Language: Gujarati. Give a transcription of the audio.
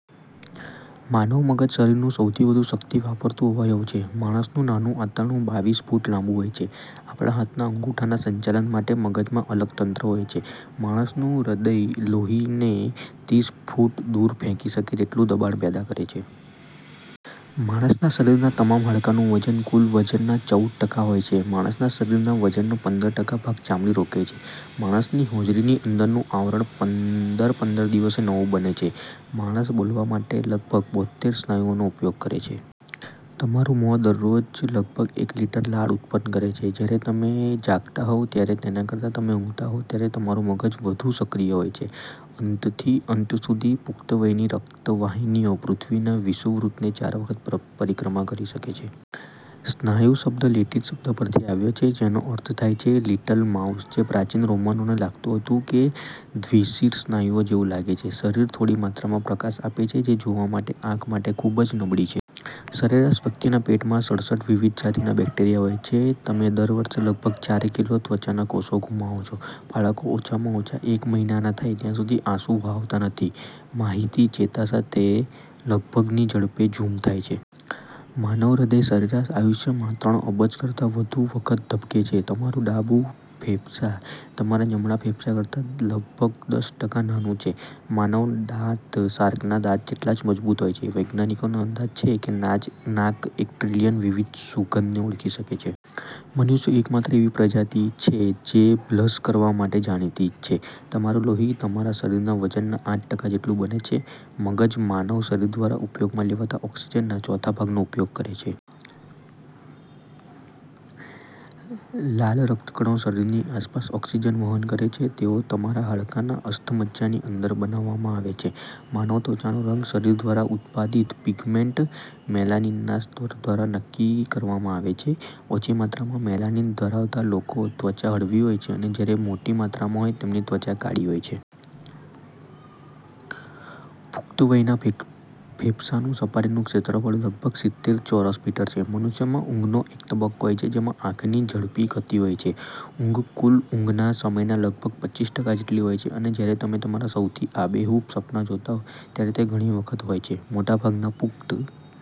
માનવમગજ શરીરનું સૌથી વધુ શક્તિ વાપરતું અવયવ છે. માણસનું નાનું આંતરડું બાવીસ ફૂટ લાંબુ હોય છે. આપણા હાથના અંગુઠા ના સંચાલન માટે મગજમાં અલગ તંત્ર હોય છે. માણસનું હૃદય લોહીને તીસ ફૂટ દૂર ફેંકી શકે તેટલું દબાણ પેદા કરે છે. માણસના શરીરના તમામ હાડકાનું વજન કુલ વજનના ચઉદ ટકા હોય છે. માણસના શરીરના વજનનો પંદર ટકા ભાગ ચામડી રોકે છે. માણસની હોજરીની અંદરનું આવરણ પંદર પંદર દિવસે નવું બને છે. માણસ બોલવા માટે લગભગ બોતેર સ્નાયુઓ નો ઉપયોગ કરે છે. તમારું મોં દરરોજ લગભગ એક લિટર લાળ ઉત્પન્ન કરે છે! જ્યારે તમે જાગતા હોવ ત્યારે તેના કરતાં જ્યારે તમે ઊંઘતા હોવ ત્યારે તમારું મગજ ક્યારેક વધુ સક્રિય હોય છે. અંતથી અંત સુધી, પુખ્ત વ્યક્તિની રક્તવાહિનીઓ પૃથ્વીના વિષુવવૃત્તને ચાર વખત પર પરિક્રમા કરી શકે છે! 'સ્નાયુ' શબ્દ લેટિન શબ્દ પરથી આવ્યો છે જેનો અર્થ થાય છે ' લિટલ માઉસ ', જે પ્રાચીન રોમનોને લાગતું હતું કે દ્વિશિર સ્નાયુઓ જેવું લાગે છે. શરીર થોડી માત્રામાં પ્રકાશ આપે છે જે જોવા માટે આંખ માટે ખૂબ જ નબળી છે. સરેરાશ વ્યક્તિના પેટમાં સડસઠ વિવિધ જાતિના બેક્ટેરિયા હોય છે. તમે દર વર્ષે લગભગ ચાર કિલો ત્વચાના કોષો ગુમાવો છો! બાળકો ઓછામાં ઓછા એક મહિનાના થાય ત્યાં સુધી આંસુ વહાવતા નથી. માહિતી ચેતા સાથે લગભગ ની ઝડપે ઝૂમ થાય છે! માનવ હૃદય સરેરાશ આયુષ્યમાં ત્રણ અબજ કરતા વધુ વખત ધબકે છે. તમારું ડાબું ફેફસાં તમારા જમણા ફેફસા કરતાં લગભગ દસ ટકા નાનું છે. માનવ દાંત શાર્કના દાંત જેટલા જ મજબૂત હોય છે. વૈજ્ઞાનિકોનો અંદાજ છે કે નાજ નાક એક ટ્રિલિયન વિવિધ સુગંધને ઓળખી શકે છે! મનુષ્યો એકમાત્ર એવી પ્રજાતિ છે જે બ્લશ કરવા માટે જાણીતી છે. તમારું લોહી તમારા શરીરના વજનના આઠ ટકા જેટલું બને છે. મગજ માનવ શરીર દ્વારા ઉપયોગમાં લેવાતા ઓક્સિજનના ચોથા ભાગનો ઉપયોગ કરે છે. લાલ રક્તકણો શરીરની આસપાસ ઓક્સિજન વહન કરે છે. તેઓ તમારા હાડકાના અસ્થિમજ્જાની અંદર બનાવવામાં આવે છે. માનવ ત્વચાનો રંગ શરીર દ્વારા ઉત્પાદિત પિગમેન્ટ મેલાનિનના સ્તર દ્વારા નક્કી કરવામાં આવે છે. ઓછી માત્રામાં મેલાનિન ધરાવતા લોકો ત્વચા હળવી હોય છે જ્યારે મોટી માત્રામાં હોય તેમની ત્વચા કાળી હોય છે. પુખ્ત વયના ફે ફેફસાંનું સપાટીનું ક્ષેત્રફળ લગભગ સિત્તેર ચોરસ મીટર છે! મનુષ્યમાં ઊંઘનો એક તબક્કો હોય છે જેમાં આંખની ઝડપી ગતિ હોય છે. ઊંઘ કુલ ઊંઘના સમયના લગભગ પચીસ ટકા જેટલી હોય છે અને જ્યારે તમે તમારા સૌથી આબેહૂબ સપના જોતા હો ત્યારે તે ઘણી વખત હોય છે. મોટાભાગના પુખ્ત